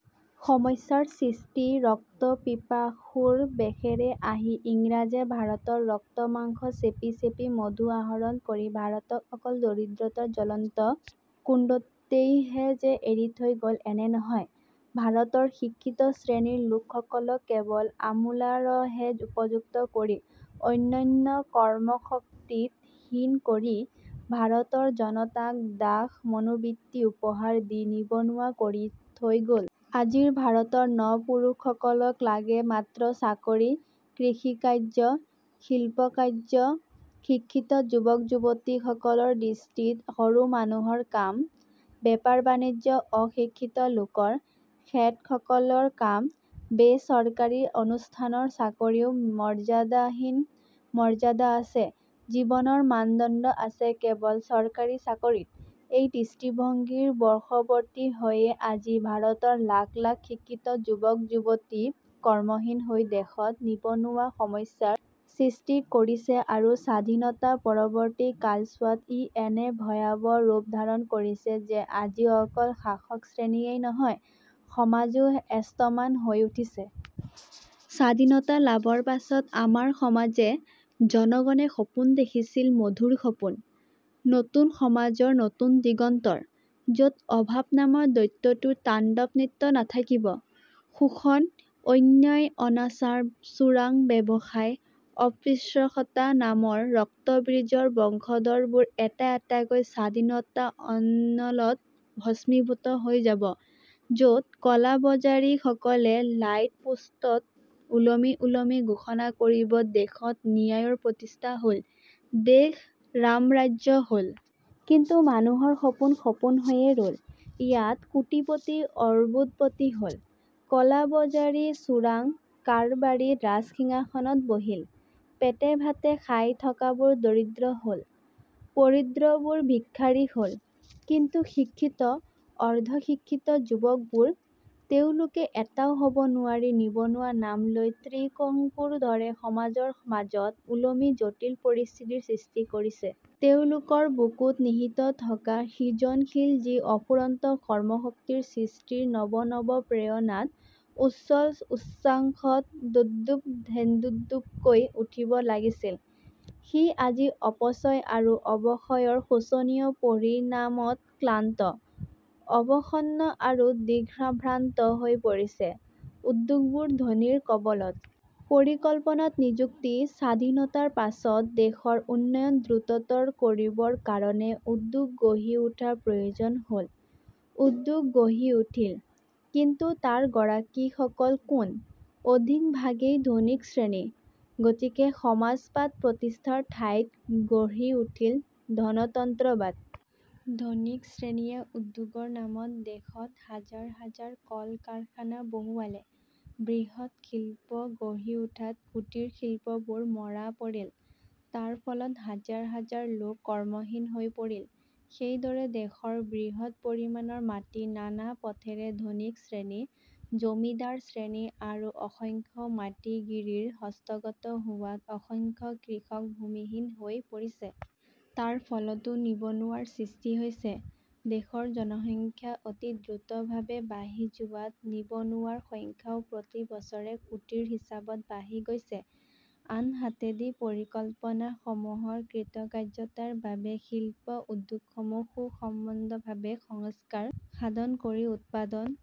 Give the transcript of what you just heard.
সমস্যাৰ সৃষ্টি – ৰক্তপিপাসুৰ বেশেৰে আহি ইংৰাজে ভাৰতৰ ৰক্ত-মাংস চেপি চেপি মধু আহৰণ কৰি ভাৰতক অকল দৰিদ্ৰতাৰ জ্বলন্ত কুণ্ডতেইহে যে এৰি থৈ গ'ল এনে নহয়, ভাৰতৰ শিক্ষিত শ্ৰেণীৰ লোকসকলক কেৱল আমোলাৰহে উপযুক্ত কৰি, অন্যান্য কৰ্মশক্তিত হীন কৰি, ভাৰতৰ জনতাক দাস-মনোবৃত্তি উপহাৰ দি নিবনুৱা কৰি থৈ গ'ল। আজিৰ ভাৰতৰ ন-পুৰুষসকলক লাগে মাত্ৰ চাকৰি; কৃষিকাৰ্য, শিল্পকাৰ্য, শিক্ষিত যুৱক-যুৱতীসকলৰ দৃষ্টিত সৰু মানুহৰ কাম; বেপাৰ-বাণিজ্য অশিক্ষিত লোকৰ, শেঠসকলৰ কাম। বে-চৰকাৰী অনুষ্ঠানৰ চাকৰিও মৰ্যাদাহীন; মৰ্যাদা আছে, জীৱনৰ মানদণ্ড আছে কেৱল চৰকাৰী চাকৰিত। এই দৃষ্টিভংগীৰ বশৱৰ্তী হৈয়ে আজি ভাৰতত লাখ লাখ শিক্ষিত যুৱক-যুৱতী কৰ্মহীন হৈ দেশত নিবনুৱা সমস্যাৰ সৃষ্টি কৰিছে আৰু স্বাধীনতাৰ পৰৱৰ্তী কালছোৱাত ই এনে ভয়াৱহ ৰূপ ধাৰণ কৰিছে যে আজি অকল শাসক শ্ৰেণীয়েই নহয়, সমাজো এস্তমান হৈ উঠিছে। স্বাধীনতা লাভৰ পাছত আমাৰ সমাজে, জনগণে সপোন দেখিছিল- মধুৰ সপোন; নতুন সমাজৰ, নতুন দিগন্তৰ; য'ত অভাৱ নামৰ দৈত্যটোৰ তাণ্ডৱ নৃত্য নাথাকিব; শোষণ, অন্যায়-অনাচাৰ, চোৰাং ব্যৱসায়, অস্পৃশ্যতা নামৰ ৰক্ত-বীজৰ বংশধৰবোৰ এটা এটাকৈ স্বাধীনতা-অনলত ভস্মীভূত হৈ যাব; য'ত ক'লাবজাৰীসকলে লাইট-পোষ্টত ওলমি ওলমি ঘোষণা কৰিব "দেশত ন্যায়ৰ প্ৰতিষ্ঠা হ'ল, দেশ ৰামৰাজ্য হ'ল। " কিন্তু মানুহৰ সপোন সপোন হৈয়ে ৰ'ল। ইয়াত কোটিপতি অৰ্বুদপতি হ'ল; ক'লাবজাৰী, চোৰাং কাৰবাৰী ৰাজ-সিংহাসনত বহিল। পেটে-ভাতে খাই থকাবোৰ দৰিদ্ৰ হ'ল, পৰিদ্ৰবোৰ ভিক্ষাৰী হ'ল। কিন্তু শিক্ষিত, অৰ্দ্ধ শিক্ষিত যুৱকবোৰ? তেওঁলোকে এটাও হ'ব নোৱাৰি নিবনুৱা নাম লৈ ত্ৰিশংকুৰ দৰে সমাজৰ মাজত ওলমি জটিল পৰিস্থিতিৰ সৃষ্টি কৰিছ। তেওঁলোকৰ বুকুত নিহিত থকা সৃজনশীল যি অফুৰন্ত কৰ্মশক্তি সৃষ্টিৰ নৱ নৱ প্ৰেৰণাত, উচ্ছল উচ্ছ্বাসত দল্দোপ-হেন্দোল্দোপকৈ উঠিব লাগিছিল, সি আজি অপচয় আৰু অৱক্ষয়ৰ শোচনীয় পৰিণামত ক্লান্ত, অৱসন্ন আৰু দিগ্ভ্ৰান্ত হৈ পৰিছে। উদ্যোগবোৰ ধনীৰ কবলত. পৰিকল্পনাত নিযুক্তি – স্বাধীনতাৰ পাছত দেশৰ উন্নয়ন দ্ৰুততৰ কৰিবৰ কাৰণে উদ্যোগ গঢ়ি উঠাৰ প্ৰয়োজন হ'ল৷ উদ্যোগ গঢ়ি উঠিল; কিন্তু তাৰ গৰাকীসকল কোন? অধিক ভাগেই ধনিক শ্ৰেণী। গতিকে সমাজবাদ প্ৰতিষ্ঠাৰ ঠাইত গঢ়ি উঠিল ধনতন্ত্ৰবাদ। ধনিক শ্ৰেণীয়ে উদ্যোগৰ নামত দেশত হাজাৰ হাজাৰ কল কাৰখানা বহুৱালে। বৃহৎ শিল্প গঢ়ি উঠাত কুটীৰশিল্পবোৰ মৰা পৰিল। তাৰ ফলত হাজাৰ হাজাৰ লোক কৰ্মহীন হৈ পৰিল। সেইদৰে দেশৰ বৃহৎ পৰিমাণৰ মাটি নানা পথেৰে ধনিক শ্ৰেণী, জমিদাৰ শ্ৰেণী আৰু অসংখ্য মাটি-গিৰিৰ হস্তগত হোৱাত অসংখ্য কৃষক ভূমিহীন হৈ পৰিছে। তাৰ ফলতো নিবনুৱাৰ সৃষ্টি হৈছে। দেশৰ জনসংখ্যা অতি দ্ৰুতভাৱে বাঢ়ি যোৱাত নিবনুৱাৰ সংখ্যাও প্ৰতি বছৰে কোটিৰ হিচাপত বাঢ়ি গৈছে। আনহাতেদি পৰিকল্পনাসমূহৰ কৃতকাৰ্যতাৰ বাবে শিল্প উদ্যোগসমূহ সুসংবদ্ধভাৱে সংস্কাৰ সাধন কৰি উৎপাদন